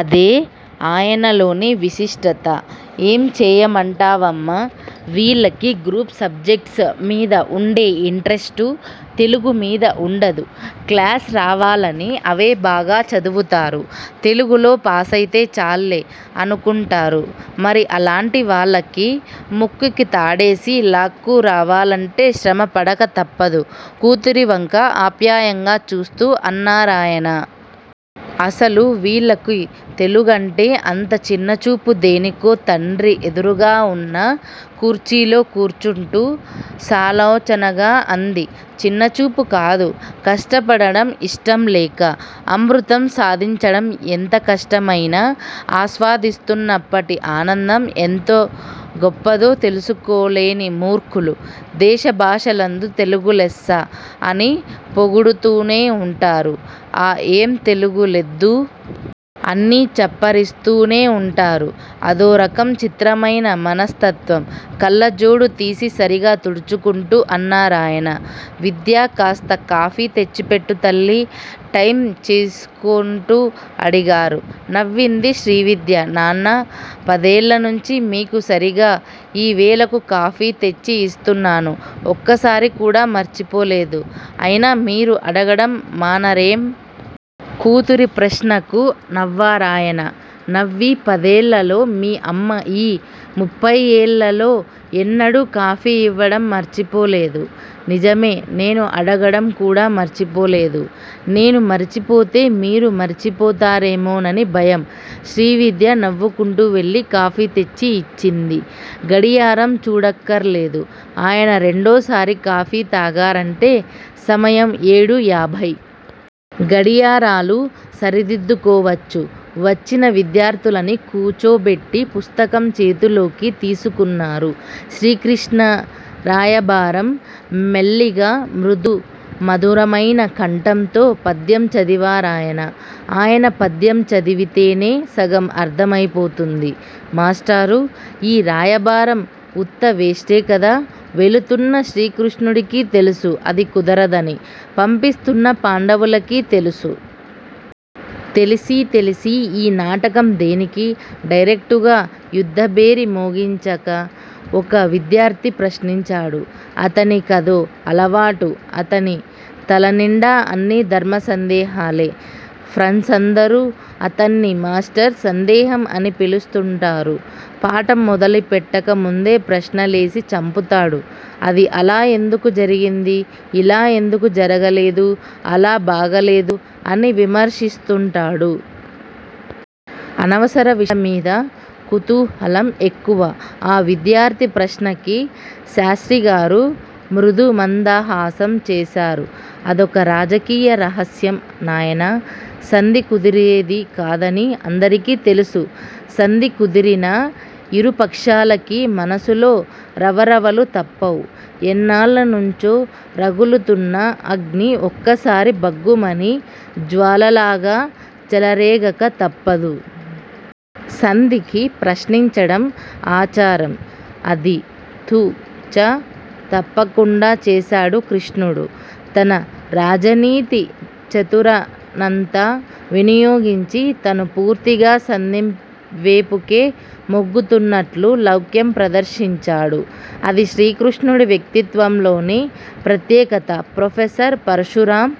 అదే ఆయనలోని విశిష్టత! ఏం చెయ్యమంటావమ్మా. వీళ్ళకి గ్రూప్ సబ్జెక్ట్స్ మీద వుండే యింట్రస్టు తెలుగుమీద వుండదు. క్లాస్ రావాలని అవే బాగా చదువుతారు. తెలుగులో పాసైతే చాల్లే అనుకుంటారు. మరి అలాంటి వాళ్ళకి ముక్కుకి తాడేసి లాక్కురావాలంటే శ్రమ పడక తప్పదు కూతురివంక ఆప్యాయంగా చూస్తూ అన్నారాయన. అసలు వీళ్ళకి తెలుగంటే అంత చిన్నచూపు దేనికో తండ్రి ఎదురుగావున్న కుర్చీలో కూర్చుంటూ సాలోచనగా అంది. చిన్నచూపు కాదు. కష్టపడటం యిష్టంలేక. అమృతం సాధించడం ఎంతకష్టమైనా ఆస్వాదిస్తున్నప్పటి ఆనందం ఎంతో గొప్పదో తెలుసుకోలేని మూర్ఖులు. దేశ భాషలందు తెలుగు లెస్స అని పొగుడుతూనే వుంటారు. ఆ ఏం తెలుగు లెద్దూ! అన్ని చప్పరిస్తూనే వుంటారు. అదోరకం చిత్రమైన మనస్తత్వం కళ్ళజోడుతీసి సరిగా తుడుచుకుంటూ అన్నారాయన. విద్యా కాస్త కాఫీ తెచ్చిపెట్టు తల్లీ! టైమ్ చూసుకుంటూ అడిగారు. నవ్వింది శ్రీవిద్య. నాన్నా! పదేళ్ళనుంచి మీకు సరీగా యీవేళకు కాఫీ తెచ్చి యిస్తున్నాను. ఒక్కసారికూడా మర్చిపోలేదు. అయినా మీరు అడగటం మానరేం? కూతురి ప్రశ్నకు నవ్వారాయన. నవ్వీ పదేళ్ళలో మీ అమ్మ యీ ముప్పయ్యేళ్ళల్లో ఎన్నడూ కాఫీ ఇవ్వటం మర్చిపోలేదు. నిజమే నేను అడగటం కూడా మర్చిపోలేదు. నేను మరిచిపోతే మీరూ మరిచిపోతారేమోనని భయం. శ్రీవిద్య నవ్వుకుంటూ వెళ్ళి కాఫీ తెచ్చి యిచ్చింది. గడియారం చూడక్కర్లేదు. ఆయన రెండోసారి కాఫీ తాగారంటే సమయం ఏడూ యాభై. గడియారాలు సరిదిద్దుకోవచ్చు. వచ్చిన విద్యార్ధులని కూచోబెట్టి పుస్తకం చేతిలోకి తీసుకున్నారు. శ్రీకృష్ణరాయబారం మెల్లిగా మృదుమధురమైన కంఠంతో పద్యం చదివారాయన. ఆయన పద్యం చదివితేనే సగం అర్ధమైపోతుంది. మాస్టారూ! యీ రాయబారం వుత్త వేస్టే కదా! వెళుతున్న శ్రీకృష్ణుడికీ తెలుసు అది కుదరదని పంపిస్తున్న పాండవులకీ తెలుసు. తెలిసి తెలిసీ యీ నాటకం దేనికి? డైరక్టుగా యుద్ధభేరీ మోగించక? ఒక విద్యార్ధి ప్రశ్నించాడు. అతని కదో అలవాటు. అతని తలనిండా అన్నీ ధర్మసందేహాలే. ఫ్రండ్సందరూ అతన్ని మాస్టర్ సందేహం అని పిలుస్తుంటారు. పాఠం మొదలుపెట్టకముందే ప్రశ్నలేసి చంపుతాడు. 'అది అలా ఎందుకు జరిగింది? ఇలా ఎందుకు జరగలేదు; అలా బాగాలేదు' అని విమర్శిస్తుంటాడు. అనవసర విషయాలమీద కుతూహలం ఎక్కువ. ఆ విద్యార్ధి ప్రశ్నకి శాస్త్రిగారు మృదుమందహాసం చేశారు. అదొక రాజకీయ రహస్యం నాయనా! సంధి కుదిరేది కాదని అందరికీ తెలుసు. సంధి కుదిరినా యిరుపక్షాలకీ మనసులో రవరవలు తప్పవు. ఎన్నాళ్ళనుంచో రగులుతున్న అగ్ని ఒక్కసారి భగ్గుమని జ్వాలలాగా చెలరేగక తప్పదు. సంధికి ప్రశ్నించడం ఆచారం. అది తు. చ. తప్పకుండా చేశాడు కృష్ణుడు. తన రాజనీతి చతురనంతా వినియోగించి తను పూర్తిగా సంధివేపుకే మొగ్గుతున్నట్లు లౌక్యం ప్రదర్శించాడు. అది శ్రీకృష్ణుడి వ్యక్తిత్వంలోని ప్రత్యేకత ప్రొఫెసర్ పరశురాం,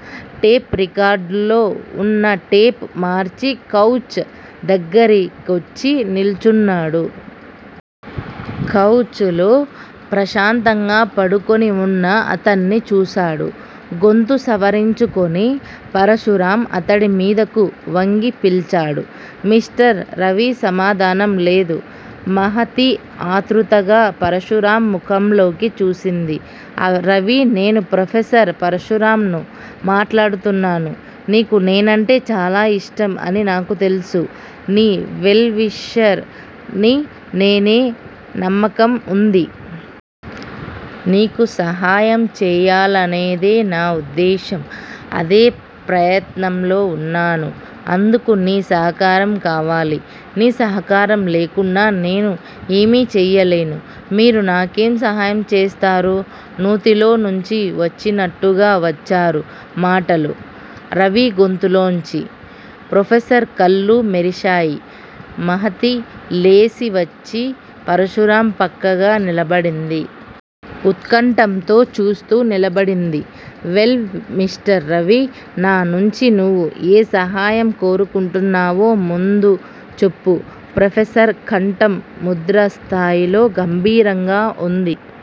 టేప్ రికార్డర్ లో వున్న టేప్ మార్చి కౌచ్ దగ్గరి కొచ్చి నిల్చున్నాడు. కౌచ్ లో ప్రశాంతంగా పడుకొని వున్న అతన్ని చూశాడు. గొంతుసవరించుకొని పరశురాం అతడిమీదకు వంగి పిల్చాడు. మిస్టర్ రవి సమాధానం లేదు. మహతి ఆతృతగా పరశురాం ముఖంలోకి చూసింది. రవి నేను ప్రొఫెసర్ పరశురాంను మాట్లాడుతున్నాను. నీకు నేనంటే చాలాఇష్టం అని నాకు తెలుసు. నీ వెల్ విషర్ ని నేనే నమ్మకం ఉంది. నీకు సహాయం చెయ్యాలనేదేనా ఉద్దేశ్యం. అదే ప్రయత్నంలో ఉన్నాను. అందుకు నీ సహకారం కావాలి. నీ సహకారం లేకుండా నేను ఏమిచెయ్యలేను. మీరు నాకేం సహాయం చేస్తారూ నూతిలో నుంచివచ్చినట్టుగా వచ్చారు మాటలు రవి గొంతులో నుంచి. ప్రొఫెసర్ కళ్ళు మెరిశాయి. మహతి లేచివచ్చి పరశురాం పక్కగా నిలబడింది. ఉత్కంఠతో చూస్తూ నిలబడింది. Well mister Ravi! నా నుంచి నువు ఏ సహాయం కోరుకుంటున్నావో ముందుచెప్పు ప్రొఫెసర్ కంఠం ముద్రస్థాయిలో గంభీరంగా వుంది.